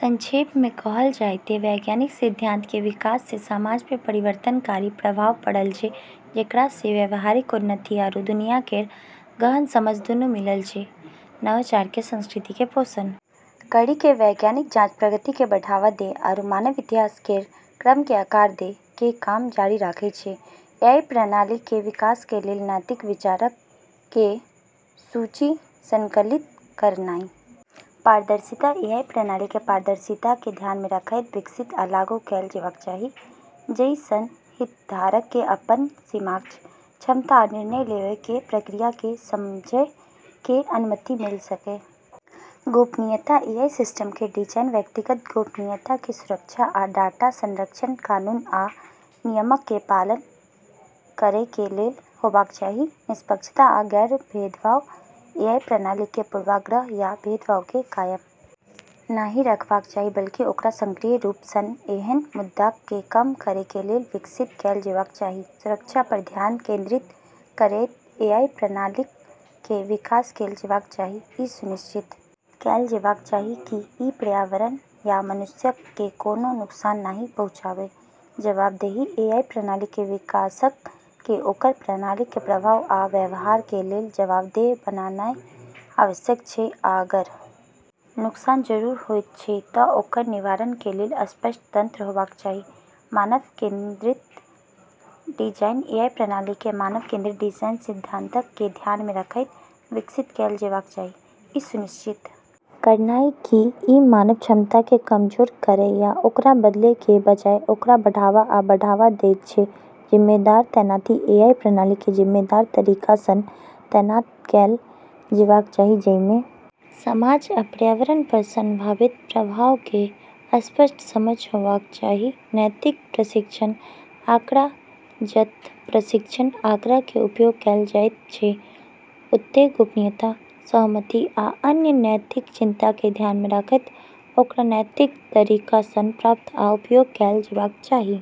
संक्षेप में कहलऽ जाय ते वैज्ञानिक सिद्धांतऽ के विकास से समाज पे परिवर्तनकारी प्रभाव पड़लऽ छै जेकरा से व्यावहारिक उन्नति आरू दुनिया केरऽ गहन समझ दूनू मिललऽ छै, नवाचार के संस्कृति के पोषण करी के वैज्ञानिक जांच प्रगति के बढ़ावा दै आरू मानव इतिहास केरऽ क्रम के आकार दै के काम जारी रखै छै, एआई प्रणाली कें विकास कें लेल नैतिक विचारक कें सूची संकलित करनाय, पारदर्शिता एआई प्रणाली कें पारदर्शिता कें ध्यान मे रखयत विकसित आ लागू कैल जेबाक चाही, जइ सं हितधारक कें अपन सीमाक, क्षमता आ निर्णय लेवय कें प्रक्रिया कें समझय कें अनुमति मिल सकय, गोपनीयता एआई सिस्टम कें डिजाइन व्यक्तिगत गोपनीयता कें सुरक्षा आ डाटा संरक्षण कानून आ नियमक कें पालन करय कें लेल होबाक चाही, निष्पक्षता आ गैर-भेदभाव एआई प्रणाली कें पूर्वाग्रह या भेदभाव कें कायम नहि रखबाक चाही बल्कि ओकरा सक्रिय रूप सं ऐहन मुद्दाक कें कम करय कें लेल विकसित कैल जेबाक चाही, सुरक्षा पर ध्यान केंद्रित करयत एआई प्रणालीक कें विकास कैल जेबाक चाही, इ सुनिश्चित कैल जेबाक चाही की इ पर्यावरण या मनुष्यक कें कोनों नुकसान नहि पहुंचाबय, जवाबदेही एआई प्रणाली कें विकासक कें ओकर प्रणाली कें प्रभाव आ व्यवहार कें लेल जवाबदेह बनानाय आवश्यक छै आ अगर नुकसान जरूर होयत छै त ओकर निवारण कें लेल स्पष्ट तंत्र होबाक चाही, मानव केंद्रित डिजाइन एआई प्रणाली कें मानव केंद्रित डिजाइन सिद्धांतक कें ध्यान मे रखयत विकसित कैल जेबाक चाही, इ सुनिश्चित करनाय की इ मानव क्षमता कें कमजोर करय या ओकरा बदलय कें बजाय ओकरा बढ़ावा आ बढ़ावा देयत छै, जिम्मेदार तैनाती एआई प्रणाली कें जिम्मेदार तरीका सं तैनात कैल जेबाक चाही, जइ मे समाज आ पर्यावरण पर संभावित प्रभाव कें स्पष्ट समझ होबाक चाही, नैतिक प्रशिक्षण आंकड़ा जत प्रशिक्षण आंकड़ा कें उपयोग कैल जायत छै ओतय गोपनीयता, सहमति आ अन्य नैतिक चिंता कें ध्यान मे रखयत ओकरा नैतिक तरीका सं प्राप्त आ उपयोग कैल जेबाक चाही।